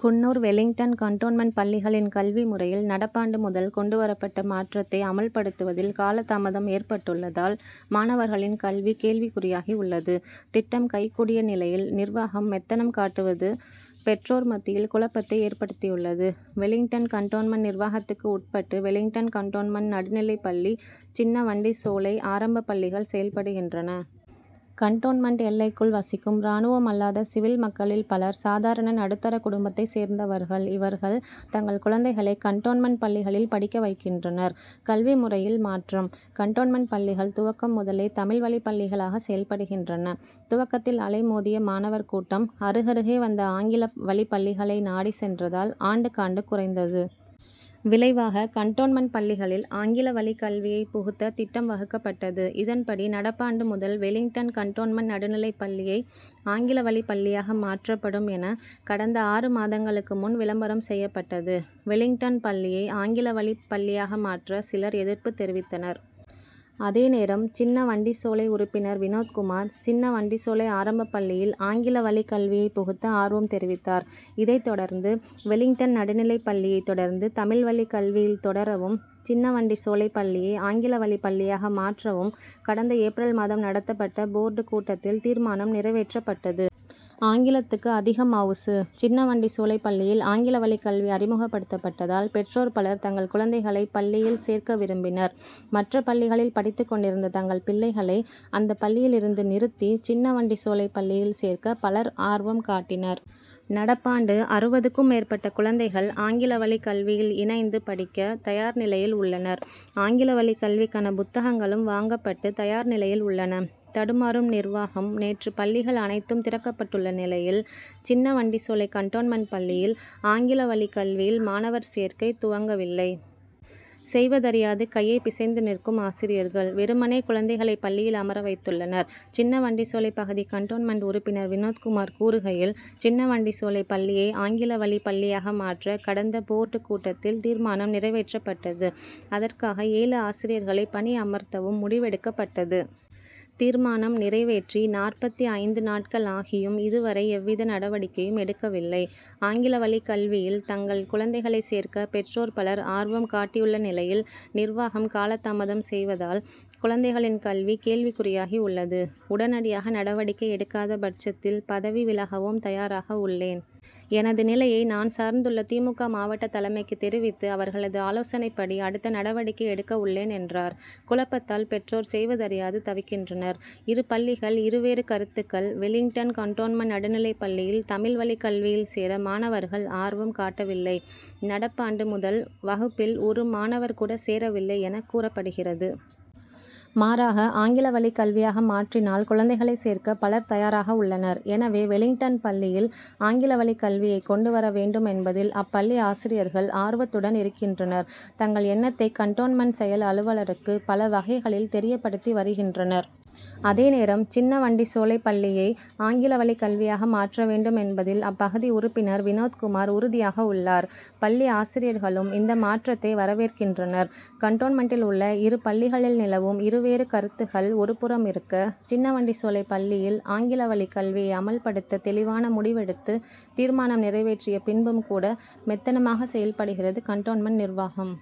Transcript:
Coonoor Wellington cantonment பள்ளிகளின் கல்வி முறையில், நடப்பாண்டு முதல் கொண்டு வரப்பட்ட மாற்றத்தை அமல்படுத்துவதில் காலதாமதம் ஏற்பட்டுள்ளதால், மாணவர்களின் கல்வி கேள்விக்குறியாகியுள்ளது திட்டம் கை கூடிய நிலையில், நிர்வாகம் மெத்தனம் காட்டுவது பெற்றோர் மத்தியில் குழப்பத்தை ஏற்படுத்தியுள்ளது. வெலிங்டன் கன்டோன்மென்ட் நிர்வாகத்துக்கு உட்பட்டு, வெலிங்டன் கன்டோன்மென்ட் நடுநிலைப் பள்ளி, சின்ன வண்டிச்சோலை ஆரம்பப் பள்ளிகள் செயல்படுகின்றன. கன்டோன்மென்ட் எல்லைக்குள் வசிக்கும் ராணுவம் அல்லாத சிவில் மக்களில் பலர் சாதாரண, நடுத்தர குடும்பத்தை சேர்ந்தவர்கள் இவர்கள் தங்கள் குழந்தைகளை கன்டோன்மென்ட் பள்ளிகளில் படிக்க வைக்கின்றனர். கல்வி முறையில் மாற்றம் கன்டோன்மென்ட் பள்ளிகள் துவக்கம் முதலே தமிழ் வழிப்பள்ளிகளாக செயல்படுகின்றன துவக்கத்தில் அலைமோதிய மாணவர் கூட்டம், அருகருகே வந்த ஆங்கில வழிப்பள்ளிகளை நாடி சென்றதால் ஆண்டுக்காண்டு குறைந்தது. விளைவாக, கன்டோன்மென்ட் பள்ளிகளில் ஆங்கில வழிக் கல்வியை புகுத்த திட்டம் வகுக்கப்பட்டது இதன்படி, நடப்பாண்டு முதல் வெலிங்டன் கன்டோன்மென்ட் நடுநிலைப் பள்ளியை ஆங்கில வழிப்பள்ளியாக மாற்றப்படும் என கடந்த ஆறு மாதங்களுக்கு முன் விளம்பரம் செய்யப்பட்டது. வெலிங்டன் பள்ளியை ஆங்கில வழிப்பள்ளியாக மாற்ற, சிலர் எதிர்ப்பு தெரிவித்தனர். அதே நேரம், சின்ன வண்டிச்சோலை உறுப்பினர் வினோத்குமார், சின்ன வண்டிச்சோலை ஆரம்பப் பள்ளியில் ஆங்கில வழி கல்வியை புகுத்த ஆர்வம் தெரிவித்தார். இதைத் தொடர்ந்து, வெலிங்டன் நடுநிலைப் பள்ளியை, தொடர்ந்து தமிழ் வழிக் கல்வியில் தொடரவும், சின்ன வண்டிச்சோலை பள்ளியை ஆங்கில வழிப் பள்ளியாக மாற்றவும், கடந்த ஏப்ரல் மாதம் நடத்தப்பட்ட போர்டு கூட்டத்தில் தீர்மானம் நிறைவேற்றப்பட்டது. ஆங்கிலத்துக்கு அதிக மவுசு சின்ன வண்டிச்சோலை பள்ளியில் ஆங்கில வழிக் கல்வி அறிமுகப்படுத்தப்பட்டதால், பெற்றோர் பலர் தங்கள் குழந்தைகளை பள்ளியில் சேர்க்க விரும்பினர் மற்ற பள்ளிகளில் படித்துக் கொண்டிருந்த தங்கள் பிள்ளைகளை, அந்த பள்ளியில் இருந்து நிறுத்தி, சின்ன வண்டிச்சோலை பள்ளியில் சேர்க்க பலர் ஆர்வம் காட்டினர். நடப்பாண்டு, அறுபதுக்கும் மேற்பட்ட குழந்தைகள் ஆங்கில வழிக் கல்வியில் இணைந்து படிக்க தயார் நிலையில் உள்ளனர். ஆங்கில வழிக் கல்விக்கான புத்தகங்களும் வாங்கப்பட்டு தயார் நிலையில் உள்ளன. தடுமாறும் நிர்வாகம் நேற்று பள்ளிகள் அனைத்தும் திறக்கப்பட்டுள்ள நிலையில், சின்ன வண்டிச்சோலை கன்டோன்மென்ட் பள்ளியில் ஆங்கில வழிக் கல்வியில் மாணவர் சேர்க்கை துவங்கவில்லை. செய்வதறியாது கையை பிசைந்து நிற்கும் ஆசிரியர்கள், வெறுமனே குழந்தைகளை பள்ளியில் அமர வைத்துள்ளனர். சின்ன வண்டிச்சோலை பகுதி கன்டோன்மென்ட் உறுப்பினர் வினோத்குமார் கூறுகையில், சின்ன வண்டிச்சோலை பள்ளியை ஆங்கில வழிப் பள்ளியாக மாற்ற, கடந்த போர்டு கூட்டத்தில் தீர்மானம் நிறைவேற்றப்பட்டது அதற்காக ஏழு ஆசிரியர்களை பணியமர்த்தவும் முடிவெடுக்கப்பட்டது. தீர்மானம் நிறைவேற்றி நாற்பத்து ஐந்து நாட்கள் ஆகியும், இதுவரை எவ்வித நடவடிக்கையும் எடுக்கவில்லை. ஆங்கில வழிக் கல்வியில் தங்கள் குழந்தைகளை சேர்க்க பெற்றோர் பலர் ஆர்வம் காட்டியுள்ள நிலையில், நிர்வாகம் காலதாமதம் செய்வதால், குழந்தைகளின் கல்வி, கேள்விக் குறியாகியுள்ளது. உடனடியாக நடவடிக்கை எடுக்காத பட்சத்தில், பதவி விலகவும் தயாராக உள்ளேன். எனது நிலையை நான் சார்ந்துள்ள தி. மு. க., மாவட்ட தலைமைக்கு தெரிவித்து, அவர்களது ஆலோசனைப்படி அடுத்த நடவடிக்கை எடுக்க உள்ளேன் என்றார். குழப்பத்தால், பெற்றோர் செய்வதறியாது தவிக்கின்றனர். இரு பள்ளிகள்இரு வேறு கருத்துகள் வெலிங்டன் கன்டோன்மென்ட் நடுநிலைப் பள்ளியில், தமிழ் வழிக் கல்வியில் சேர மாணவர்கள் ஆர்வம் காட்டவில்லை நடப்பாண்டு, முதல் வகுப்பில் ஒரு மாணவர் கூட சேரவில்லை எனக் கூறப்படுகிறது. மாறாக, ஆங்கில வழிக் கல்வியாக மாற்றினால் குழந்தைகளை சேர்க்க பலர் தயாராக உள்ளனர். எனவே, வெலிங்டன் பள்ளியில் ஆங்கில வழிக் கல்வியை கொண்டு வர வேண்டும் என்பதில் அப்பள்ளி ஆசிரியர்கள் ஆர்வத்துடன் இருக்கின்றனர் தங்கள் எண்ணத்தை கன்டோன்மென்ட் செயல் அலுவலருக்கு பல வகைகளில் தெரியப்படுத்தி வருகின்றனர். அதே நேரம், சின்ன வண்டிச்சோலை பள்ளியை ஆங்கில வழிக் கல்வியாக மாற்ற வேண்டும் என்பதில் அப்பகுதி உறுப்பினர் வினோத்குமார் உறுதியாக உள்ளார். பள்ளி ஆசிரியர்களும் இந்த மாற்றத்தை வரவேற்கின்றனர். கன்டோன்மென்ட்டில் உள்ள இரு பள்ளிகளில் நிலவும் இரு வேறு கருத்துகள் ஒரு புறமிருக்க, சின்ன வண்டிச்சோலை பள்ளியில் ஆங்கில வழிக் கல்வியை அமல்படுத்த தெளிவான முடிவெடுத்து, தீர்மானம் நிறைவேற்றிய பின்பும் கூட, மெத்தனமாக செயல்படுகிறது கன்டோன்மென்ட் நிர்வாகம்.